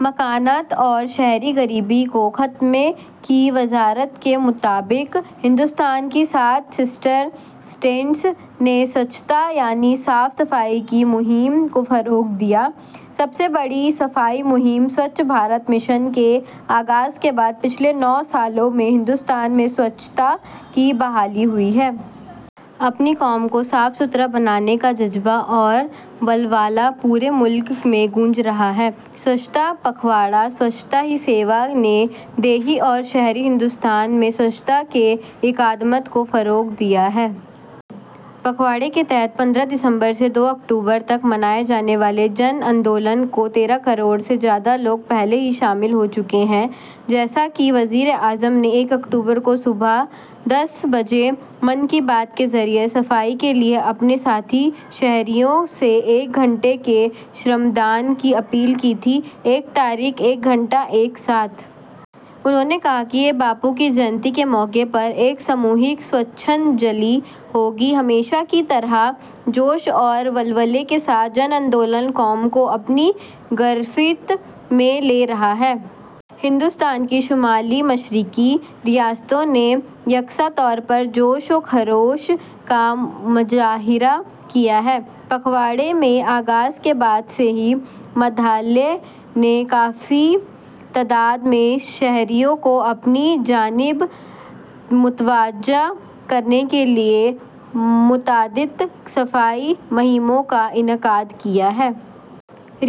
مکانات اور شہری غریبی کے خاتمے کی وزارت ہندوستان کی سات سسٹرس ریاستوں نے سوچھتا، یعنی صفائی ستھرائی کی مہم کو فروغ دیا۔ سب سے بڑی صفائی مہم، سوچھ بھارت مشن کے آغاز کے بعد پچھلے نو سالوں میں ہندوستان میں سوچھتا کی بحالی ہوئی ہے۔ اپنی قوم کو صاف ستھرا بنانے کا جذبہ اور ولولہ پورے ملک میں گونج رہا ہے۔ سوچھتا پکھواڑا، سوچھتا ہی سیوا نے دیہی اور شہری ہندوستان میں سوچھتا اقدامات کو فروغ دیا ہے۔ پکھواڑا کے تحت پندرہ ستمبر سے دو اکتوبر تک منائے جانے والے جن آندولن میں تیرہ کروڑ سے زیادہ لوگ پہلے ہی شامل ہو چکے ہیں۔ جیسا کہ وزیر اعظم نے ایک اکتوبر کو صبح دس بجے سوچھتا کے لیے من کی بات پر ساتھی شہریوں سے ایک گھنٹہ شرمدان، ’ایک تاریخ، ایک گھنٹہ، ایک ساتھ‘ کی اپیل کی تھی۔ انہوں نے کہا کہ یہ باپو کی جینتی کے موقع پر ایک اجتماعی ’سوچھ نجلی‘ ہوگی۔ ہمیشہ کی طرح جوش اور ولولے کے ساتھ جن آندولن قوم کو اپنی گرفت میں لے رہا ہے۔ ہندوستان کی شمال مشرقی ریاستوں نے یکساں طور پر جوش و خروش کا مظاہرہ کیا ہے۔ پکھواڑا کے آغاز کے بعد سے ہی، میگھالیہ نے کافی تعداد میں شہریوں کو اپنی طرف متوجہ کرنے کے لیے متعدد صفائی مہمات کا انعقاد کیا ہے۔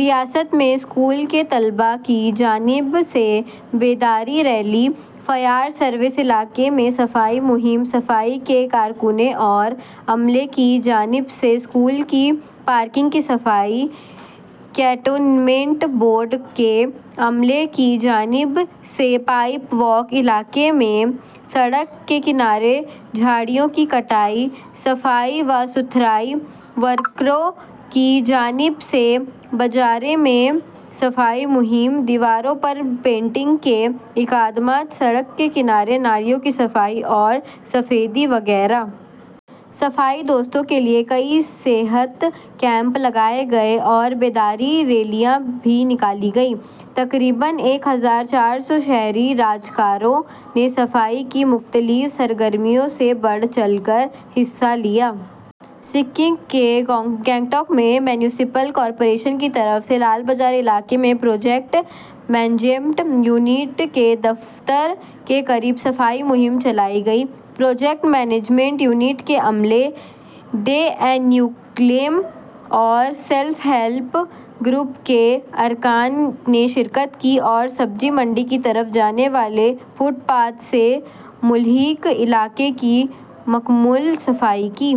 ریاست میں اسکول کے طلباء کی جانب سے بیداری ریلی، فائر سروس ایریا میں صفائی مہم، صفائی کے کارکنوں اور عملے کی جانب سے اسکول کی پارکنگ، کنٹونمنٹ بورڈ کے عملے کی جانب سے پائن واک ایریا میں سڑک کے کنارے جھاڑیوں کی کٹائی، صفائی و ستھرائی ورکرز کی جانب سے بازاروں میں صفائی مہم، وال پینٹنگ کے اقدامات، سڑک کے کنارے نالوں کی صفائی اور سفیدی وغیرہ۔ صفائی دوستوں کے لیے کئی ہیلتھ کیمپ لگائے گئے اور بیداری ریلیاں بھی نکالی گئیں۔ تقریباً ایک ہزار چار سو شہری رضاکاروں نے صفائی کی مختلف سرگرمیوں میں بڑھ چڑھ کر حصہ لیا۔ سکم کے گنگٹوک میں میونسپل کارپوریشن کی طرف سے لال بازار علاقے میں پراجیکٹ مینجمنٹ یونٹ کے دفتر کے قریب صفائی مہم چلائی گئی۔ پراجیکٹ مینجمنٹ یونٹ کے عملے، DAY N U L M اور سیلف ہیلپ گروپس کے ارکان نے شرکت کی، سبزی منڈی کی طرف جانے والے فٹ پاتھ سے ملحقہ علاقے کی مکمل صفائی کی۔